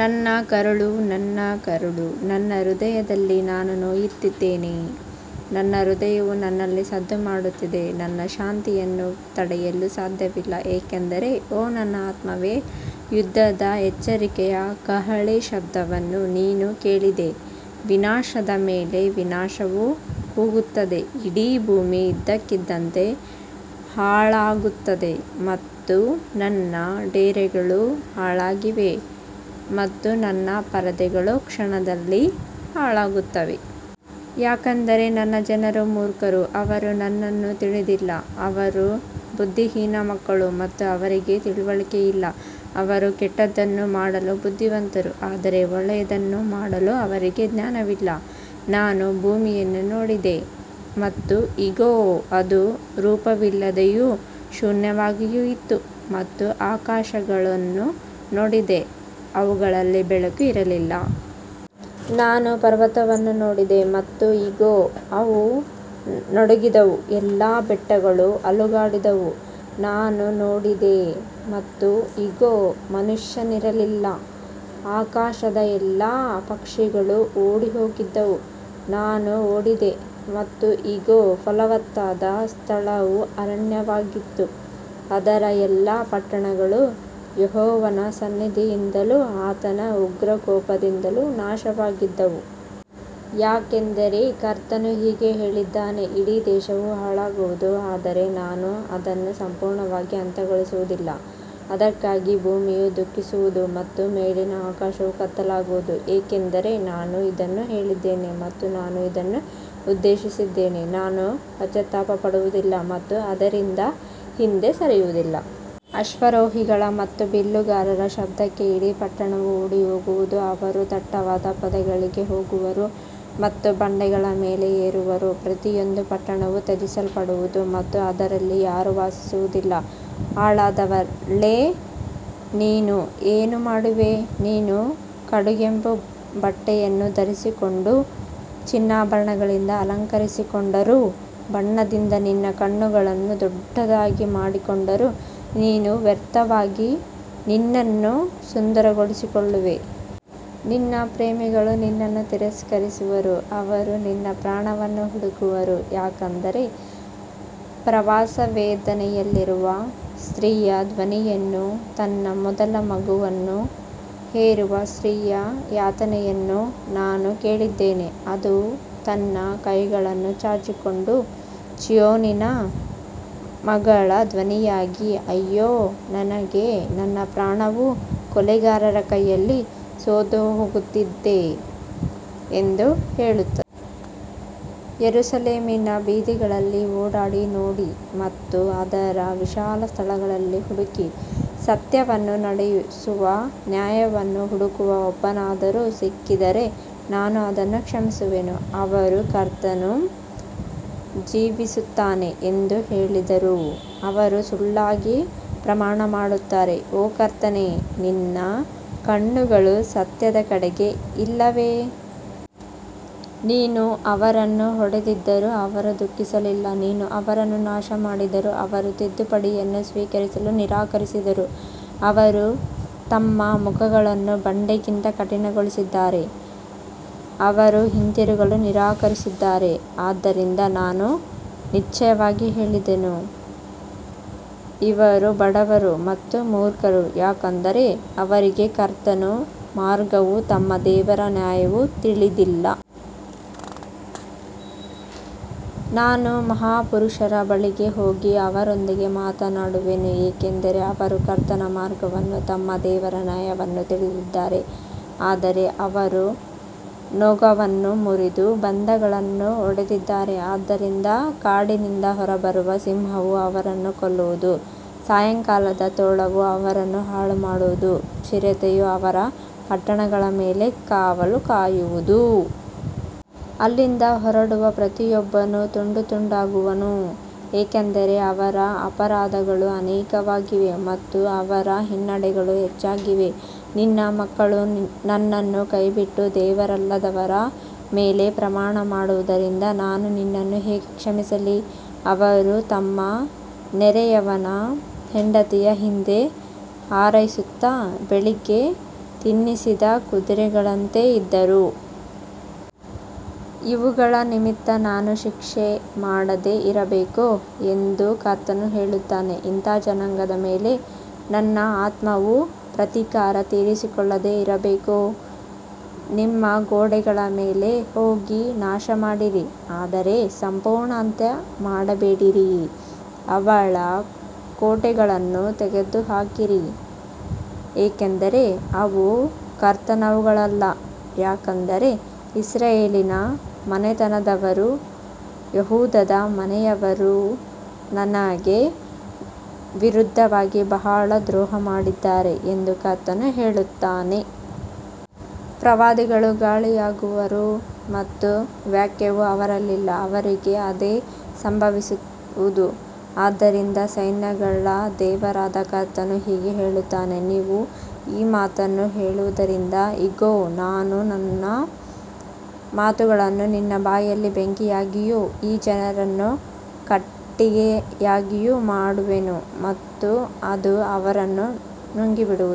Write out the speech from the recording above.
ನನ್ನ ಕರುಳು, ನನ್ನ ಕರುಳು, ನನ್ನ ಹೃದಯದಲ್ಲಿ ನಾನು ನೋಯುತ್ತಿದ್ದೇನೆ. ನನ್ನ ಹೃದಯವು ನನ್ನಲ್ಲಿ ಸದ್ದುಮಾಡುತ್ತಿದೆ. ನನ್ನ ಶಾಂತಿಯನ್ನು ತಡೆಯಲು ಸಾಧ್ಯವಿಲ್ಲ. ಏಕೆಂದರೆ, ಓ ನನ್ನ ಆತ್ಮವೇ, ಯುದ್ಧದ ಎಚ್ಚರಿಕೆಯ ಕಹಳೆ ಶಬ್ದವನ್ನು ನೀನು ಕೇಳಿದೆ. ವಿನಾಶದ ಮೇಲೆ ವಿನಾಶವು ಕೂಗುತ್ತದೆ, ಇಡೀ ಭೂಮಿ ಇದ್ದಕ್ಕಿದ್ದಂತೆ ಹಾಳಾಗುತ್ತದೆ ಮತ್ತು ನನ್ನ ಡೇರೆಗಳು ಹಾಳಾಗಿವೆ ಮತ್ತು ನನ್ನ ಪರದೆಗಳು ಕ್ಷಣದಲ್ಲಿ ಹಾಳಾಗುತ್ತವೆ. ಯಾಕಂದರೆ ನನ್ನ ಜನರು ಮೂರ್ಖರು, ಅವರು ನನ್ನನ್ನು ತಿಳಿದಿಲ್ಲ. ಅವರು ಬುದ್ಧಿಹೀನ ಮಕ್ಕಳು ಮತ್ತು ಅವರಿಗೆ ತಿಳುವಳಿಕೆಯಿಲ್ಲ. ಅವರು ಕೆಟ್ಟದ್ದನ್ನು ಮಾಡಲು ಬುದ್ಧಿವಂತರು, ಆದರೆ ಒಳ್ಳೆಯದನ್ನು ಮಾಡಲು ಅವರಿಗೆ ಜ್ಞಾನವಿಲ್ಲ. ನಾನು ಭೂಮಿಯನ್ನು ನೋಡಿದೆ, ಮತ್ತು ಇಗೋ, ಅದು ರೂಪವಿಲ್ಲದೆಯೂ ಶೂನ್ಯವಾಗಿಯೂ ಇತ್ತು, ಮತ್ತು ಆಕಾಶಗಳನ್ನು ನೋಡಿದೆ, ಅವುಗಳಲ್ಲಿ ಬೆಳಕು ಇರಲಿಲ್ಲ. ನಾನು ಪರ್ವತಗಳನ್ನು ನೋಡಿದೆ, ಮತ್ತು ಇಗೋ, ಅವು ನಡುಗಿದವು, ಎಲ್ಲಾ ಬೆಟ್ಟಗಳು ಅಲುಗಾಡಿದವು. ನಾನು ನೋಡಿದೆ, ಮತ್ತು ಇಗೋ, ಮನುಷ್ಯನಿರಲಿಲ್ಲ, ಆಕಾಶದ ಎಲ್ಲಾ ಪಕ್ಷಿಗಳು ಓಡಿಹೋಗಿದ್ದವು. ನಾನು ನೋಡಿದೆ, ಮತ್ತು ಇಗೋ, ಫಲವತ್ತಾದ ಸ್ಥಳವು ಅರಣ್ಯವಾಗಿತ್ತು, ಅದರ ಎಲ್ಲಾ ಪಟ್ಟಣಗಳು ಯೆಹೋವನ ಸನ್ನಿಧಿಯಿಂದಲೂ ಆತನ ಉಗ್ರ ಕೋಪದಿಂದಲೂ ನಾಶವಾಗಿದ್ದವು. ಯಾಕಂದರೆ ಕರ್ತನು ಹೀಗೆ ಹೇಳಿದ್ದಾನೆ, ಇಡೀ ದೇಶವು ಹಾಳಾಗುವುದು, ಆದರೆ ನಾನು ಅದನ್ನು ಸಂಪೂರ್ಣವಾಗಿ ಅಂತ್ಯಗೊಳಿಸುವುದಿಲ್ಲ. ಇದಕ್ಕಾಗಿ ಭೂಮಿಯು ದುಃಖಿಸುವುದು ಮತ್ತು ಮೇಲಿನ ಆಕಾಶವು ಕತ್ತಲಾಗುವುದು, ಏಕೆಂದರೆ ನಾನು ಇದನ್ನು ಹೇಳಿದ್ದೇನೆ ಮತ್ತು ನಾನು ಇದನ್ನು ಉದ್ದೇಶಿಸಿದ್ದೇನೆ, ನಾನು ಪಶ್ಚಾತ್ತಾಪಪಡುವುದಿಲ್ಲ ಮತ್ತು ಅದರಿಂದ ಹಿಂದೆ ಸರಿಯುವುದಿಲ್ಲ. ಅಶ್ವಾರೋಹಿಗಳ ಮತ್ತು ಬಿಲ್ಲುಗಾರರ ಶಬ್ದಕ್ಕೆ ಇಡೀ ಪಟ್ಟಣವು ಓಡಿಹೋಗುವುದು. ಅವರು ದಟ್ಟವಾದ ಪೊದೆಗಳಿಗೆ ಹೋಗುವರು ಮತ್ತು ಬಂಡೆಗಳ ಮೇಲೆ ಏರುವರು. ಪ್ರತಿಯೊಂದು ಪಟ್ಟಣವೂ ತ್ಯಜಿಸಲ್ಪಡುವುದು ಮತ್ತು ಅದರಲ್ಲಿ ಯಾರೂ ವಾಸಿಸುವುದಿಲ್ಲ. ಹಾಳಾದವಳೇ, ನೀನು ಏನು ಮಾಡುವೆ? ನೀನು ಕಡುಗೆಂಪು ಬಟ್ಟೆಯನ್ನು ಧರಿಸಿಕೊಂಡರೂ, ಚಿನ್ನಾಭರಣಗಳಿಂದ ಅಲಂಕರಿಸಿಕೊಂಡರೂ, ಬಣ್ಣದಿಂದ ನಿನ್ನ ಕಣ್ಣುಗಳನ್ನು ದೊಡ್ಡದಾಗಿ ಮಾಡಿಕೊಂಡರೂ, ನೀನು ವ್ಯರ್ಥವಾಗಿ ನಿನ್ನನ್ನು ಸುಂದರಗೊಳಿಸಿಕೊಳ್ಳುವೆ. ನಿನ್ನ ಪ್ರೇಮಿಗಳು ನಿನ್ನನ್ನು ತಿರಸ್ಕರಿಸುವರು, ಅವರು ನಿನ್ನ ಪ್ರಾಣವನ್ನು ಹುಡುಕುವರು. ಯಾಕಂದರೆ ಪ್ರಸವವೇದನೆಯಲ್ಲಿರುವ ಸ್ತ್ರೀಯ ಧ್ವನಿಯನ್ನೂ, ತನ್ನ ಮೊದಲ ಮಗುವನ್ನು ಹೆರುವ ಸ್ತ್ರೀಯ ಯಾತನೆಯನ್ನೂ ನಾನು ಕೇಳಿದ್ದೇನೆ. ಅದು ತನ್ನ ಕೈಗಳನ್ನು ಚಾಚಿಕೊಂಡು, ಚೀಯೋನಿನ ಮಗಳ ಧ್ವನಿಯಾಗಿ, ಅಯ್ಯೋ ನನಗೆ, ನನ್ನ ಪ್ರಾಣವು ಕೊಲೆಗಾರರ ಕೈಯಲ್ಲಿ ಸೋತುಹೋಗುತ್ತಿದೆ ಎಂದು ಹೇಳುತ್ತದೆ. ಯೆರೂಸಲೇಮಿನ ಬೀದಿಗಳಲ್ಲಿ ಓಡಾಡಿ ನೋಡಿ ಮತ್ತು ಅದರ ವಿಶಾಲ ಸ್ಥಳಗಳಲ್ಲಿ ಹುಡುಕಿ, ಸತ್ಯವನ್ನು ನಡೆಸುವ, ನ್ಯಾಯವನ್ನು ಹುಡುಕುವ ಒಬ್ಬನಾದರೂ ಸಿಕ್ಕಿದರೆ ನಾನು ಅದನ್ನು ಕ್ಷಮಿಸುವೆನು. ಅವರು ಕರ್ತನು ಜೀವಿಸುತ್ತಾನೆ ಎಂದು ಹೇಳಿದರೂ, ಅವರು ಸುಳ್ಳಾಗಿ ಪ್ರಮಾಣಮಾಡುತ್ತಾರೆ. ಓ ಕರ್ತನೇ, ನಿನ್ನ ಕಣ್ಣುಗಳು ಸತ್ಯದ ಕಡೆಗೆ ಇಲ್ಲವೇ? ನೀನು ಅವರನ್ನು ಹೊಡೆದಿದ್ದರೂ ಅವರು ದುಃಖಿಸಲಿಲ್ಲ. ನೀನು ಅವರನ್ನು ನಾಶಮಾಡಿದರೂ ಅವರು ತಿದ್ದುಪಡಿಯನ್ನು ಸ್ವೀಕರಿಸಲು ನಿರಾಕರಿಸಿದರು. ಅವರು ತಮ್ಮ ಮುಖಗಳನ್ನು ಬಂಡೆಗಿಂತ ಕಠಿಣಗೊಳಿಸಿದ್ದಾರೆ. ಅವರು ಹಿಂತಿರುಗಲು ನಿರಾಕರಿಸಿದ್ದಾರೆ. ಆದ್ದರಿಂದ ನಾನು ನಿಶ್ಚಯವಾಗಿ ಹೇಳಿದೆನು, ಇವರು ಬಡವರು ಮತ್ತು ಮೂರ್ಖರು, ಯಾಕಂದರೆ ಅವರಿಗೆ ಕರ್ತನ ಮಾರ್ಗವೂ ತಮ್ಮ ದೇವರ ನ್ಯಾಯವೂ ತಿಳಿದಿಲ್ಲ. ನಾನು ಮಹಾಪುರುಷರ ಬಳಿಗೆ ಹೋಗಿ ಅವರೊಂದಿಗೆ ಮಾತನಾಡುವೆನು, ಏಕೆಂದರೆ ಅವರು ಕರ್ತನ ಮಾರ್ಗವನ್ನೂ ತಮ್ಮ ದೇವರ ನ್ಯಾಯವನ್ನೂ ತಿಳಿದಿದ್ದಾರೆ. ಆದರೆ ಅವರೂ ನೊಗವನ್ನು ಮುರಿದು ಬಂಧಗಳನ್ನು ಒಡೆದಿದ್ದಾರೆ. ಆದ್ದರಿಂದ ಕಾಡಿನಿಂದ ಹೊರಬರುವ ಸಿಂಹವು ಅವರನ್ನು ಕೊಲ್ಲುವುದು, ಸಾಯಂಕಾಲದ ತೋಳವು ಅವರನ್ನು ಹಾಳುಮಾಡುವುದು, ಚಿರತೆಯು ಅವರ ಪಟ್ಟಣಗಳ ಮೇಲೆ ಕಾವಲು ಕಾಯುವುದು. ಅಲ್ಲಿಂದ ಹೊರಡುವ ಪ್ರತಿಯೊಬ್ಬನೂ ತುಂಡುತುಂಡಾಗುವನು, ಏಕೆಂದರೆ ಅವರ ಅಪರಾಧಗಳು ಅನೇಕವಾಗಿವೆ ಮತ್ತು ಅವರ ಹಿನ್ನಡೆಗಳು ಹೆಚ್ಚಾಗಿವೆ. ನಿನ್ನ ಮಕ್ಕಳು ನನ್ನನ್ನು ಕೈಬಿಟ್ಟು ದೇವರಲ್ಲದವರ ಮೇಲೆ ಪ್ರಮಾಣಮಾಡಿರುವುದರಿಂದ ನಾನು ನಿನ್ನನ್ನು ಹೇಗೆ ಕ್ಷಮಿಸಲಿ? ಅವರು ತಮ್ಮ ನೆರೆಯವನ ಹೆಂಡತಿಯ ಹಿಂದೆ ಹಾರೈಸುತ್ತಾ, ಬೆಳಿಗ್ಗೆ ತಿನ್ನಿಸಿದ ಕುದುರೆಗಳಂತೆ ಇದ್ದರು. ಇವುಗಳ ನಿಮಿತ್ತ ನಾನು ಶಿಕ್ಷೆ ಮಾಡದೆ ಇರಬೇಕೋ? ಎಂದು ಕರ್ತನು ಹೇಳುತ್ತಾನೆ. ಇಂಥ ಜನಾಂಗದ ಮೇಲೆ ನನ್ನ ಆತ್ಮವು ಪ್ರತೀಕಾರ ತೀರಿಸಿಕೊಳ್ಳದೆ ಇರಬೇಕೋ? ನಿಮ್ಮ ಗೋಡೆಗಳ ಮೇಲೆ ಹೋಗಿ ನಾಶಮಾಡಿರಿ, ಆದರೆ ಸಂಪೂರ್ಣ ಅಂತ್ಯಮಾಡಬೇಡಿರಿ. ಅವಳ ಕೋಟೆಗಳನ್ನು ತೆಗೆದುಹಾಕಿರಿ, ಏಕೆಂದರೆ ಅವು ಕರ್ತನವುಗಳಲ್ಲ. ಯಾಕಂದರೆ ಇಸ್ರಾಯೇಲಿನ ಮನೆತನದವರೂ ಯೆಹೂದದ ಮನೆಯವರೂ ನನಗೆ ವಿರುದ್ಧವಾಗಿ ಬಹಳ ದ್ರೋಹಮಾಡಿದ್ದಾರೆ ಎಂದು ಕರ್ತನು ಹೇಳುತ್ತಾನೆ. ಪ್ರವಾದಿಗಳು ಗಾಳಿಯಾಗುವರು ಮತ್ತು ವಾಕ್ಯವು ಅವರಲ್ಲಿಲ್ಲ, ಅವರಿಗೆ ಅದೇ ಸಂಭವಿಸುವುದು. ಆದ್ದರಿಂದ ಸೈನ್ಯಗಳ ದೇವರಾದ ಕರ್ತನು ಹೀಗೆ ಹೇಳುತ್ತಾನೆ, ನೀವು ಈ ಮಾತನ್ನು ಹೇಳುವುದರಿಂದ, ಇಗೋ, ನಾನು ನನ್ನ ಮಾತುಗಳನ್ನು ನಿನ್ನ ಬಾಯಲ್ಲಿ ಬೆಂಕಿಯಾಗಿಯೂ ಈ ಜನರನ್ನು ಕಟ್ಟಿಗೆಯಾಗಿಯೂ ಮಾಡುವೆನು ಮತ್ತು ಅದು ಅವರನ್ನು ನುಂಗಿಬಿಡುವುದು.